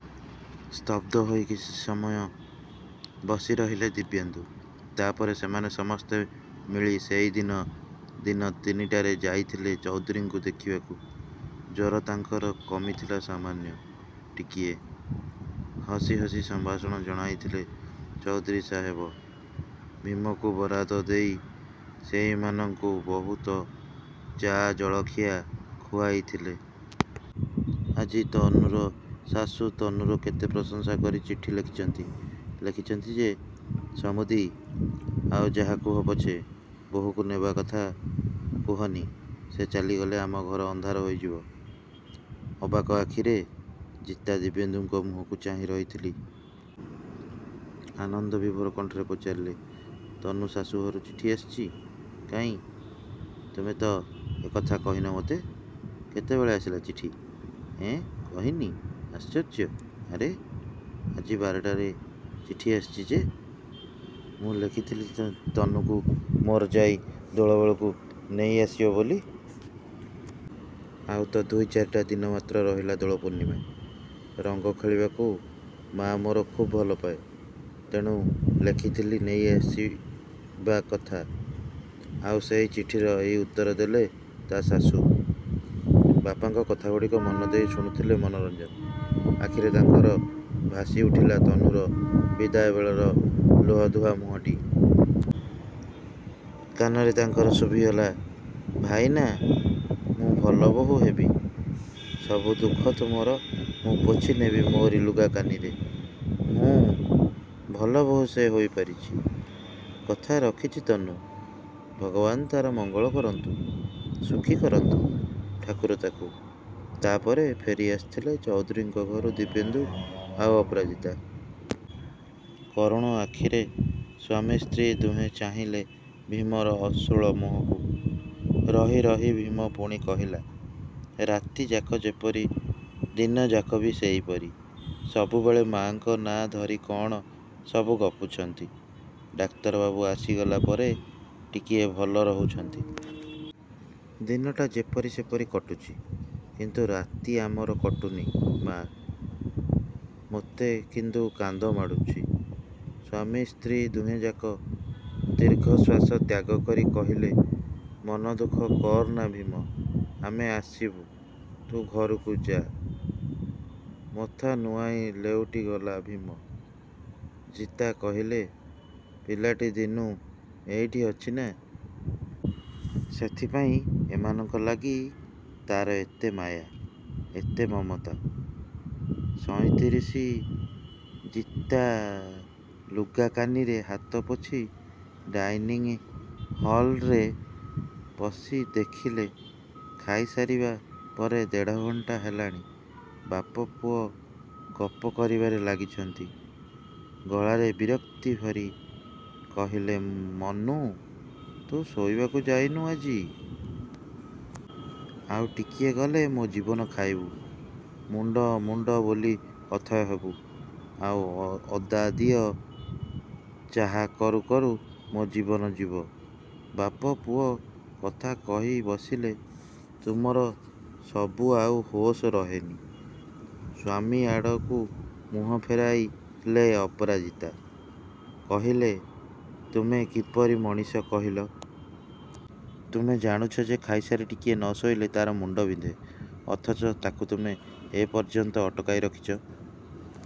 ସ୍ତବ୍ଧ ହୋଇ କିଛି ସମୟ ବସିରହିଲେ ଦିବ୍ୟେନ୍ଦୁ। ତା'ପରେ... ସେମାନେ ସମସ୍ତେ ମିଳି ସେଇଦିନ ଦିନ ତିନିଟାରେ ଯାଇଥିଲେ ଚୌଧୁରୀଙ୍କୁ ଦେଖିବାକୁ। ଜ୍ୱର ତାଙ୍କର କମିଥିଲା ସାମାନ୍ୟ ଟିକିଏ। ହସି ହସି ସମ୍ଭାଷଣ ଜଣାଇଥିଲେ ଚୌଧୁରୀ ସାହେବ। ଭୀମକୁ ବରାଦ ଦେଇ ସେଇମାନଙ୍କୁ ବହୁତ ଚା, ଜଳଖିଆ ଖୁଆଇଥିଲେ। ଆଜି ତନୁର ଶାଶୂ ତନୁର କେତେ ପ୍ରଶଂସା କରି ଚିଠି ଲେଖିଛନ୍ତି। ଲେଖିଛନ୍ତି ଯେ। ସମୁଦି, ଆଉ ଯାହା କୁହ ପଛେ ବୋହୂକୁ ନେବା କଥା କୁହନି। ସେ ଚାଲିଗଲେ ଆମ ଘର ଅନ୍ଧାର ହୋଇଯିବ। ଅବାକ ଆଖିରେ ଜିତା ଦିବ୍ୟେନ୍ଦୁଙ୍କ ମୁହଁକୁ ଚାହିଁ ରହିଥିଲି। ଆନନ୍ଦ ବିଭୋର କଣ୍ଠରେ ପଚାରିଲେ–ତନୁ ଶାଶୂଘରୁ ଚିଠିଆସିଛି! କାଇଁ, ତୁମେ ତ ଏ କଥା କହିନ ମତେ! କେତେବେଳେ ଆସିଲା ଚିଠି? ଏଁ, କହିନି! ଆଶ୍ଚର୍ଯ୍ୟ! ଆରେ ଆଜି ବାରଟାରେ ଚିଠି ଆସିଛି ଯେ। ମୁଁ ଲେଖିଥିଲି ତନୁକୁ ମୋର ଯାଇ ଦୋଳବେଳକୁ ନେଇଆସିବ ବୋଲି। ଆଉ ତ ଦୁଇ, ଚାରିଟା ଦିନ ମାତ୍ର ରହିଲା ଦୋଳପୂର୍ଣ୍ଣିମା। ରଙ୍ଗ ଖେଳିବାକୁ ମାଆ ମୋର ଖୁବ୍ ଭଲପାଏ। ତେଣୁ ଲେଖିଥିଲି ନେଇଆସିବା କଥା। ଆଉ ସେଇ ଚିଠିର ଏଇ ଉତ୍ତର ଦେଲେ ତା' ଶାଶୂ। ବାପାଙ୍କ କଥାଗୁଡ଼ିକ ମନଦେଇ ଶୁଣୁଥିଲେ ମନୋରଞ୍ଜନ। ଆଖିରେ ତାଙ୍କର ଭାସିଉଠିଲା ତନୁର ବିଦାୟ ବେଳର ଲୁହଧୁଆ ମୁହଁଟି। କାନରେ ତାଙ୍କର ଶୁଭିଗଲା–ଭାଇନା, ମୁଁ ଭଲ ବୋହୂ ହେବି। ସବୁ ଦୁଃଖ ତୁମର ମୁଁ ପୋଛିନେବି ମୋରି ଲୁଗା କାନିରେ। ହୁଁ ଭଲ ବୋହୂ ସେ ହୋଇପାରିଛି। କଥା ରଖିଛି ତନୁ। ଭଗବାନ ତା'ର ମଙ୍ଗଳ କରନ୍ତୁ, ସୁଖୀ କରନ୍ତୁ ଠାକୁର ତାକୁ। ତା'ପରେ ଫେରିଆସିଥିଲେ ଚୌଧୁରୀଙ୍କ ଘରୁ ଦିବ୍ୟେନ୍ଦୁ ଆଉ ଅପରାଜିତା। କରୁଣ ଆଖିରେ ସ୍ୱାମୀ ସ୍ତ୍ରୀ ଦୁହେଁ ଚାହିଁଲେ ଭୀମର ଅଶ୍ରୁଳ ମୁହଁକୁ। ରହି ରହି ଭୀମ ପୁଣି କହିଲା– ରାତିଯାକ ଯେପରି, ଦିନଯାକ ବି ସେଇପରି। ସବୁବେଳେ ମାଆଙ୍କ ନାଁ ଧରି କଅଣ ସବୁ ଗପୁଛନ୍ତି। ଡାକ୍ତର ବାବୁ ଆସିଗଲା ପରେ ଟିକିଏ ଭଲ ରହୁଛନ୍ତି। ଦିନଟା ଯେପରି ସେପରି କଟୁଛି। କିନ୍ତୁ ରାତି ଆମର କଟୁନି ମାଆ। ମତେ କିନ୍ତୁ କାନ୍ଦମାଡ଼ୁଛି। ସ୍ୱାମୀ ସ୍ତ୍ରୀ ଦୁହେଁଯାକ ଦୀର୍ଘଶ୍ୱାସ ତ୍ୟାଗକରି କହିଲେ– ମନଦୁଃଖ କରନା ଭୀମ। ଆମେ ଆସିବୁ। ତୁ ଘରକୁ ଯାଆ। ମଥା ନୁଆଁଇ ଲେଉଟିଗଲା ଭୀମ। ଜିତା କହିଲେ– ପିଲାଟି ଦିନୁଁ ଏଇଠି ଅଛି ନା। ସେଇଥିପାଇଁ ଏମାନଙ୍କ ଲାଗି ତା'ର ଏତେ ମାୟା, ଏତେ ମମତା। ସଇଁତିରିଷ ଜିତା ଲୁଗା କାନିରେ ହାତ ପୋଛି ଡାଇନିଙ୍ଗ୍ ହଲ୍ରେ ପଶି ଦେଖିଲେ–ଖାଇସାରିବା ପରେ ଦେଢ଼ଘଣ୍ଟା ହେଲାଣି–ବାପ, ପୁଅ ଗପ କରିବାରେ ଲାଗିଛନ୍ତି। ଗଳାରେ ବିରକ୍ତିଭରି କହିଲେ ମନୁ ତୁ ଶୋଇବାକୁ ଯାଇନୁ ଆଜି? ଆଉ ଟିକିଏ ଗଲେ ମୋ ଜୀବନ ଖାଇବୁ। ମୁଣ୍ଡ, ମୁଣ୍ଡ ବୋଲି ଅଥୟ ହେବୁ। ଆଉ ଅଦାଦିଆ ଚାହା କରୁ କରୁ ମୋ ଜୀବନ ଯିବ। ବାପ, ପୁଅ କଥାକହି ବସିଲେ, ତୁମର ସବୁ ଆଉ ହୋସ ରହେନି। ସ୍ୱାମୀଙ୍କଆଡ଼କୁ ମୁହଁ ଫେରାଇଲେ ଅପରାଜିତା। କହିଲେ–ତୁମେ କିପରି ମଣିଷ କହିଲ। ତୁମେ ଜାଣୁଛ ସେ ଖାଇସାରି ଟିକିଏ ନ ଶୋଇଲେ ତା'ର ମୁଣ୍ଡ ବିନ୍ଧେ। ଅଥଚ ତାକୁ ତୁମେ ଏପର୍ଯ୍ୟନ୍ତ ଅଟକାଇ ରଖିଛ।